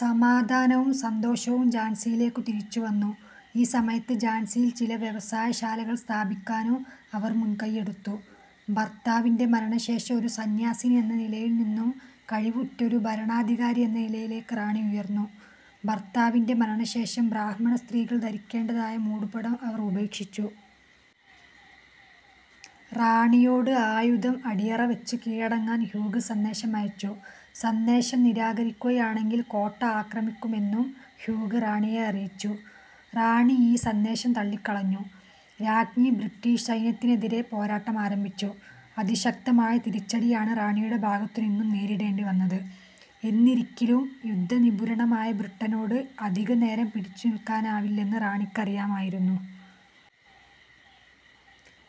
സമാധാനവും സന്തോഷവും ഝാൻസിയിലേക്കു തിരിച്ചുവന്നു. ഈ സമയത്ത് ഝാൻസിയിൽ ചില വ്യവസായശാലകൾ സ്ഥാപിക്കാനും അവർ മുൻകൈയ്യെടുത്തു. ഭർത്താവിന്റെ മരണശേഷം ഒരു സന്യാസിനി എന്ന നിലയിൽ നിന്നും കഴിവുറ്റ ഒരു ഭരണാധികാരി എന്ന നിലയിലേക്ക് റാണി ഉയർന്നു. ഭർത്താവിന്റെ മരണശേഷം ബ്രാഹ്മണസ്ത്രീകൾ ധരിക്കേണ്ടതായ മൂടുപടം അവർ ഉപേക്ഷിച്ചു. റാണിയോട് ആയുധം അടിയറവെച്ച് കീഴടങ്ങാൻ ഹ്യൂഗ് സന്ദേശമയച്ചു. സന്ദേശം നിരാകരിക്കുകയാണെങ്കിൽ കോട്ട ആക്രമിക്കുമെന്നും ഹ്യൂഗ് റാണിയെ അറിയിച്ചു. റാണി ഈ സന്ദേശം തള്ളിക്കളഞ്ഞു. രാജ്ഞി ബ്രിട്ടീഷ് സൈന്യത്തിനെതിരെ പോരാട്ടമാരംഭിച്ചു. അതിശക്തമായ തിരിച്ചടിയാണ് റാണിയുടെ ഭാഗത്തു നിന്നും നേരിടേണ്ടി വന്നത്. എന്നിരിക്കിലും യുദ്ധനിപുണരായ ബ്രിട്ടനോട് അധികനേരം പിടിച്ചു നിൽക്കാനാവില്ലെന്ന് റാണിക്ക് അറിയാമായിരുന്നു.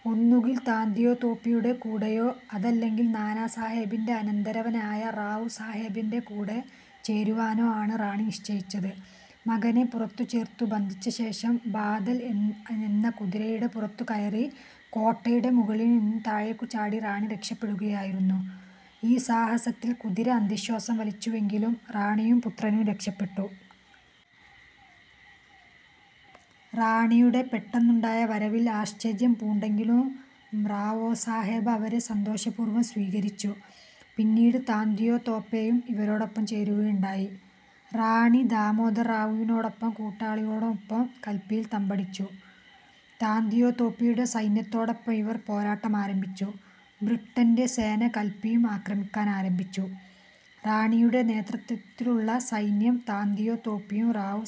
ഒന്നുകിൽ താന്തിയോ തോപ്പിയുടെ കൂടെയോ അതല്ലെങ്കിൽ നാനാ സാഹേബിന്റെ അനന്തരവനായ റാവു സാഹേബിന്റെ കൂടെ ചേരുവാനോ ആണ് റാണി നിശ്ചയിച്ചത്. മകനെ പുറത്തുചേർത്തു ബന്ധിച്ചശേഷം ബാദൽ എന്ന കുതിരയുടെ പുറത്തു കയറി കോട്ടയുടെ മുകളിൽ നിന്നും താഴേക്കു ചാടി റാണി രക്ഷപ്പെടുകയായിരുന്നു. ഈ സാഹസത്തിൽ കുതിര അന്ത്യശ്വാസം വലിച്ചുവെങ്കിലും റാണിയും, പുത്രനും രക്ഷപ്പെട്ടു. റാണിയുടെ പെട്ടെന്നുണ്ടായ വരവിൽ ആശ്ചര്യം പൂണ്ടെങ്കിലും റാവോ സാഹേബ് അവരെ സന്തോഷപൂർവ്വം സ്വീകരിച്ചു. പിന്നീട് താന്തിയോ തോപ്പേയും ഇവരോടൊപ്പം ചേരുകയുണ്ടായി. റാണി ദാമോദർ റാവുവിനോടും കൂട്ടാളികളോടുമൊപ്പം കല്പിയിൽ തമ്പടിച്ചു. താന്തിയാതോപ്പിയുടെ സൈന്യത്തോടൊപ്പം ഇവർ പോരാട്ടമാരംഭിച്ചു. ബ്രിട്ടന്റെ സേന കല്പിയും ആക്രമിക്കാൻ ആരംഭിച്ചു. റാണിയുടെ നേതൃത്വത്തിലുള്ള സൈന്യം, താന്തിയോ തോപ്പിയും, റാവു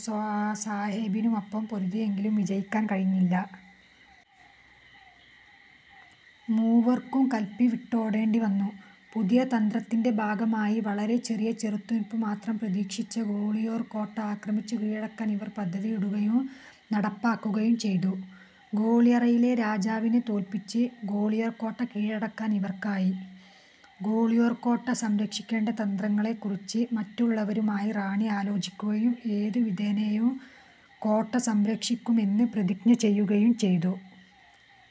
സാഹേബിനുമൊപ്പം പൊരുതിയെങ്കിലും വിജയിക്കാൻ കഴിഞ്ഞില്ല. മൂവർക്കും കല്പി വിട്ടോടേണ്ടി വന്നു. പുതിയ തന്ത്രത്തിന്റെ ഭാഗമായി വളരെ ചെറിയ ചെറുത്തുനിൽപ്പു മാത്രം പ്രതീക്ഷിച്ച ഗ്വാളിയോർ കോട്ട ആക്രമിച്ചു കീഴടക്കാൻ ഇവർ പദ്ധതിയിടുകയും നടപ്പാക്കുകയും ചെയ്തു. ഗ്വാളിയറിലെ രാജാവിനെ തോല്പിച്ച് ഗ്വാളിയർ കോട്ട കീഴടക്കാൻ ഇവർക്കായി. ഗ്വാളിയോർ കോട്ട സംരക്ഷിക്കേണ്ട തന്ത്രങ്ങളെക്കുറിച്ച് മറ്റുള്ളവരുമായി റാണി ആലോചിക്കുകയും ഏതു വിധേനേയും കോട്ട സംരക്ഷിക്കുമെന്ന് പ്രതിജ്ഞ ചെയ്യുകയും ചെയ്തു.